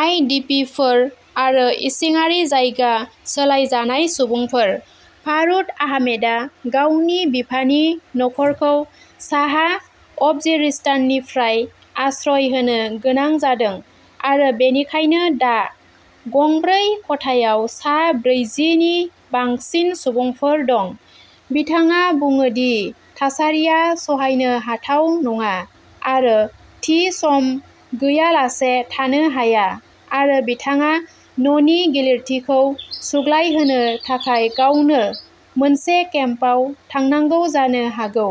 आइडिपिफोर एबा इसिङारि जायगा सोलायजानाय सुबुंफोर। फारुद आहमेदआ गावनि बिफानि नखरखौ साहा अवजिरिस्ताननिफ्राय आश्रय होनो गोनां जादों आरो बेनिखायनो दा गं ब्रै खथायाव सा ब्रैजि नि बांसिन सुबुंफोर दं। बिथाङा बुङो दि थासारिया सहायनो हाथाव नङा आरो थि सम गैयालासे थानो हाया आरो बिथाङा न'नि गिलिरथिखौ सुग्लायहोनो थाखाय गावनो मोनसे केम्पआव थांनांगौ जानो हागौ।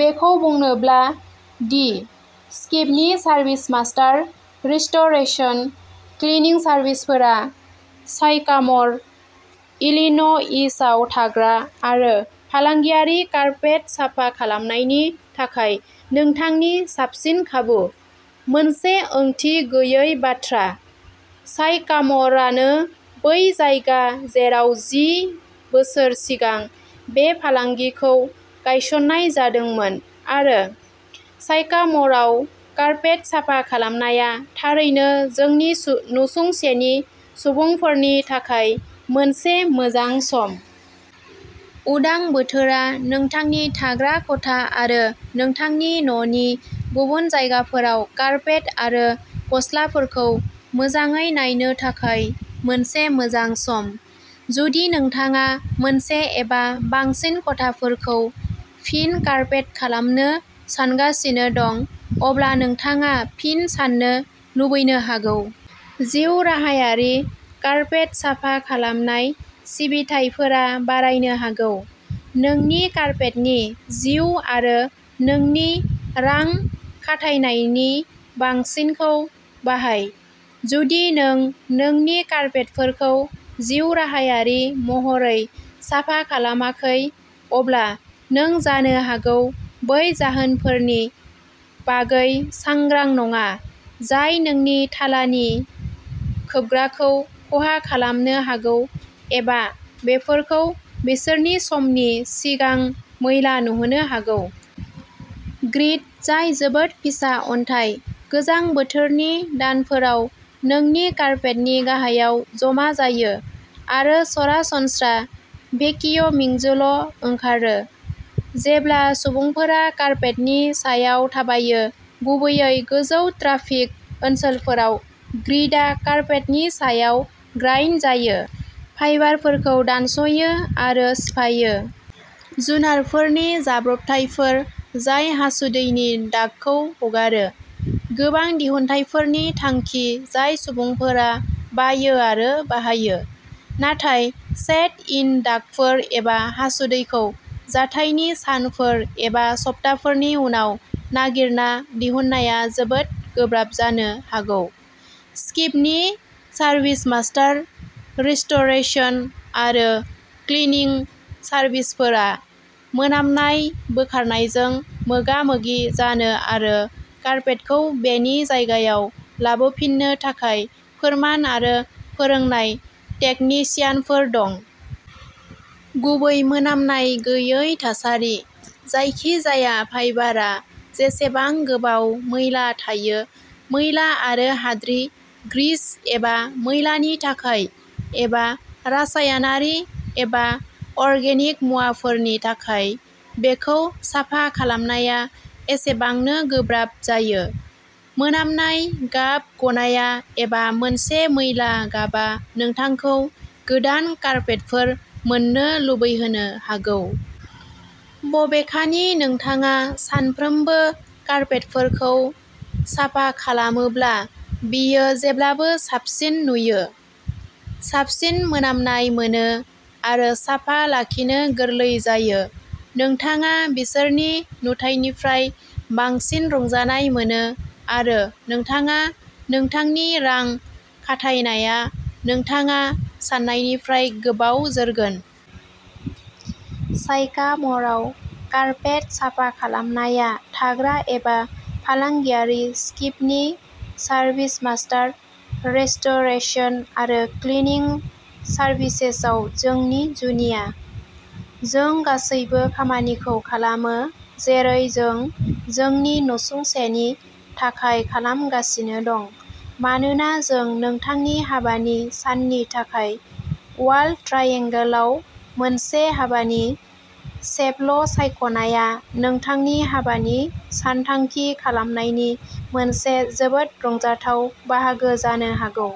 बेखौ बुंनोब्ला दि स्किपनि सार्भिसमास्टार रिस्ट'रेसन आरो क्लिनिं सार्भिसफोरा साइकाम'र, इलिन'इसआव थाग्रा आरो फालांगियारि कार्पेट साफा खालामनायनि थाखाय नोंथांनि साबसिन खाबु, मोनसे ओंथि गैयै बाथ्रा। साइकाम'रानो बै जायगा जेराव जि बोसोर सिगां बे फालांगिखौ गायसननाय जादोंमोन, आरो साइकाम'रआव कार्पेट साफा खालामनाया थारैनो जोंनि नसुंसेनि सुबुंफोरनि थाखाय मोनसे मोजां सम। उदां बोथोरा नोंथांनि थाग्रा खथा आरो नोंथांनि न'नि गुबुन जायगाफोराव कार्पेट आरो गस्लाफोरखौ मोजाङै नायनो थाखाय मोनसे मोजां सम। जुदि नोंथाङा मोनसे एबा बांसिन खथाफोरखौ फिन कार्पेट खालामनो सानगासिनो दं, अब्ला नोंथाङा फिन साननो लुबैनो हागौ। जिउराहायारि कार्पेट साफा खालामनाय सिबिथाइफोरा बारायनो हागौ। नोंनि कार्पेटनि जिउ आरो नोंनि रां खाथायनायनि बांसिनखौ बाहाय। जुदि नों नोंनि कार्पेटफोरखौ जिउराहायारि महरै साफा खालामाखै, अब्ला नों जानो हागौ बै जाहोनफोरनि बागै सांग्रां नङा जाय नोंनि थालानि खोबग्राखौ खहा खालामनो हागौ एबा बेफोरखौ बिसोरनि समनि सिगां मैला नुहोनो हागौ। ग्रिट, जाय जोबोद फिसा अन्थाइ, गोजां बोथोरनि दानफोराव नोंनि कार्पेटनि गाहायाव जमा जायो, आरो सरासनस्रा भेकियुमिंजोंल'ओंखारो। जेब्ला सुबुंफोरा कार्पेटनि सायाव थाबायो, गुबैयै गोजौ ट्राफिक ओनसोलफोराव, ग्रिटआ कार्पेटनि सायाव ग्राइन्ड जायो, फाइबारफोरखौ दानस'यो आरो सिफायो। जुनारफोरनि जाब्रबथायफोर जाय हासुदैनि दागखौ हगारो, गोबां दिहुनथायफोरनि थांखि जाय सुबुंफोरा बायो आरो बाहायो। नाथाय, सेट-इन दागफोर एबा हासुदैखौ जाथायनि सानफोर एबा सप्ताफोरनि उनाव नागिरना दिहुननाया जोबोद गोब्राब जानो हागौ। स्किपनि सार्भिसमास्टार रिस्ट'रेसन आरो क्लिनिं सार्भिसफोरा मोनामनाय बोखारनायजों मोगा-मोगि जानो आरो कार्पेटखौ बेनि जायगायाव लाबोफिननो थाखाय फोरमान आरो फोरोंनाय तेकनिसियानफोर दं। गुबै मोनामनाय गैयै थासारि। जायखिजाया फाइबारआ जेसेबां गोबाव मैला थायो मैला आरो हाद्रि, ग्रिस एबा मैलानि थाखाय, एबा रासायनारि एबा अर्गेनिक मुवाफोरनि थाखाय बेखौ साफा खालामनाया एसेबांनो गोब्राब जायो। मोनामनाय, गाब गनाया, एबा मोनसे मैला गाबआ नोंथांखौ गोदान कार्पेटफोर मोननो लुबैहोनो हागौ। बबेखानि, नोंथाङा सानफ्रोमबो कार्पेटफोरखौ साफा खालामोब्ला, बेफोर जेब्लाबो साबसिन नुयो, साबसिन मोनामनाय मोनो आरो साफा लाखिनो गोरलै जायो। नोंथाङा बिसोरनि नुथाइनिफ्राय बांसिन रंजानाय मोनो, आरो नोंथाङा नोंथांनि रां खाथायनाया नोंथाङा साननायनिफ्राय गोबाव जोरगोन। साइकाम'रआव कार्पेट साफा खालामनाया थाग्रा एबा फालांगियारि स्किपनि सार्भिसमास्टार रिस्ट'रेसन आरो क्लिनिं सार्भिसेसआव जोंनि जुनिया। जों गासैबो खामानिखौ खालामो जेरै जों जोंनि नसुंसेनि थाखाय खालामगासिनो दं मानोना जों नोंथांनि हाबानि साननि थाखाय अवाल ट्राइएंगोलआव मोनसे हाबानि चेपल सायख'नाया नोंथांनि हाबानि सानथांखि खालामनायनि मोनसे जोबोद रंजाथाव बाहागो जानो हागौ।